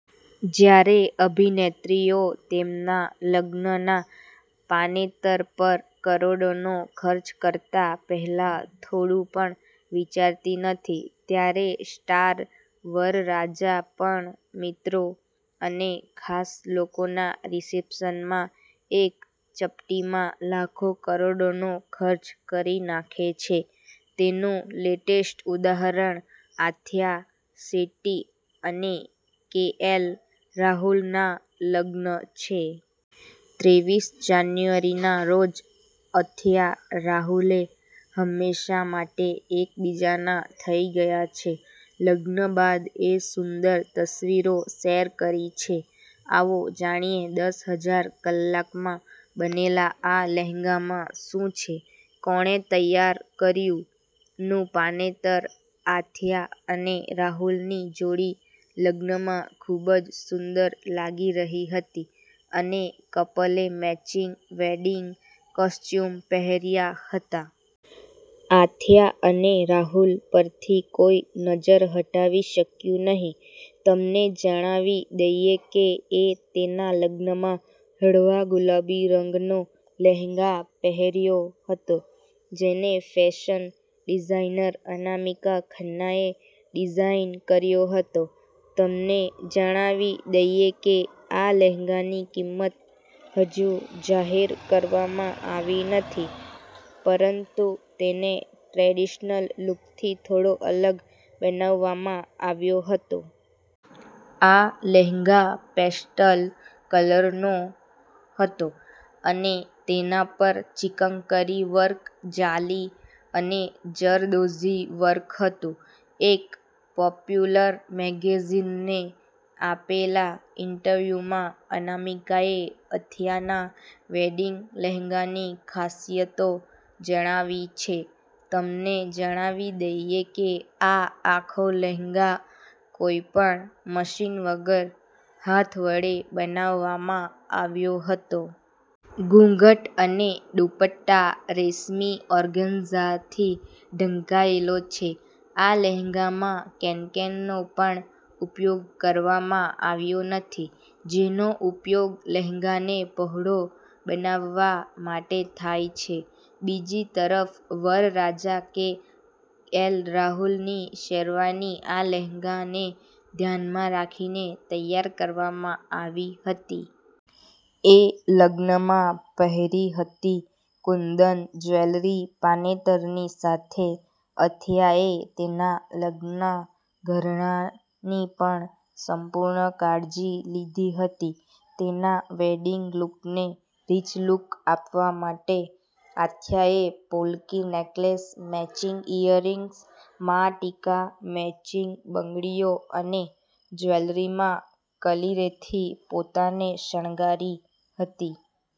જ્યારે અભિનેત્રીઓ તેમના લગ્નના પાનેતર પર કરોડોનો ખર્ચ કરતા પહેલા થોડું પણ વિચારતી નથી, ત્યારે સ્ટાર વરરાજા પણ મિત્રો અને ખાસ લોકોના રિસેપ્શનમાં એક ચપટીમાં લાખો કરોડોનો ખર્ચ કરી નાખે છે. તેનું લેટેસ્ટ ઉદાહરણ આથિયા શેટ્ટી અને કે એલ રાહુલ ના લગ્ન છે. ત્રેવીસ જાન્યુઆરીના રોજ અથિયા-રાહુલે હંમેશા માટે એકબીજાના થઇ ગયા છે. લગ્ન બાદ એ સુંદર તસવીરો શેર કરી છે. આવો જાણીએ દસ હજાર કલાકમાં બનેલા આ લહેંગામાં શું છે. કોણે તૈયાર કર્યું નું પાનેતર આથિયા અને રાહુલની જોડી લગ્નમાં ખૂબ જ સુંદર લાગી રહી હતી અને કપલે મેચિંગ વેડિંગ કોસ્ચ્યુમ પહેર્યા હતા. આથિયા અને રાહુલ પરથી કોઈ નજર હટાવી શક્યું નહીં. તમને જણાવી દઈએ કે એ તેના લગ્નમાં હળવા ગુલાબી રંગનો લહેંગા પહેર્યો હતો, જેને ફેશન ડિઝાઇનર અનામિકા ખન્નાએ ડિઝાઇન કર્યો હતો. તમને જણાવી દઈએ કે આ લહેંગાની કિંમત હજુ જાહેર કરવામાં આવી નથી, પરંતુ તેને ટ્રેડિશનલ લુકથી થોડો અલગ બનાવવામાં આવ્યો હતો. આ લહેંગા પેસ્ટલ કલરનો હતો અને તેના પર ચિકંકરી વર્ક, જાલી અને જરદોઝી વર્ક હતું. એક પોપ્યુલર મેગેઝીનને આપેલા ઈન્ટરવ્યુમાં અનામિકાએ અથિયાના વેડિંગ લહેંગાની ખાસિયતો જણાવી છે. તમને જણાવી દઈએ કે, આ આખો લહેંગા કોઈ પણ મશીન વગર હાથ વડે બનાવવામાં આવ્યો હતો. ઘૂંઘટ અને દુપટ્ટા રેશમી ઓર્ગેન્ઝાથી ઢંકાયેલો છે. આ લહેંગામાં કેનકેનનો પણ ઉપયોગ કરવામાં આવ્યો નથી, જેનો ઉપયોગ લહેંગાને પહોળો બનાવવા માટે થાય છે. બીજી તરફ વરરાજા કે એલ રાહુલની શેરવાની ના લહેંગાને ધ્યાનમાં રાખીને તૈયાર કરવામાં આવી હતી. એ લગ્નમાં પહેરી હતી કુંદન જ્વેલરી પાનેતરની સાથે અથિયાએ તેના લગ્નના ઘરેણાંની પણ સંપૂર્ણ કાળજી લીધી હતી. તેના વેડિંગ લુકને રિચ લુક આપવા માટે, આથિયાએ polki necklace, matching earrings, maang tikka, matching બંગડીઓ અને જ્વેલરીમાં કલિરેથી પોતાને શણગારી હતી.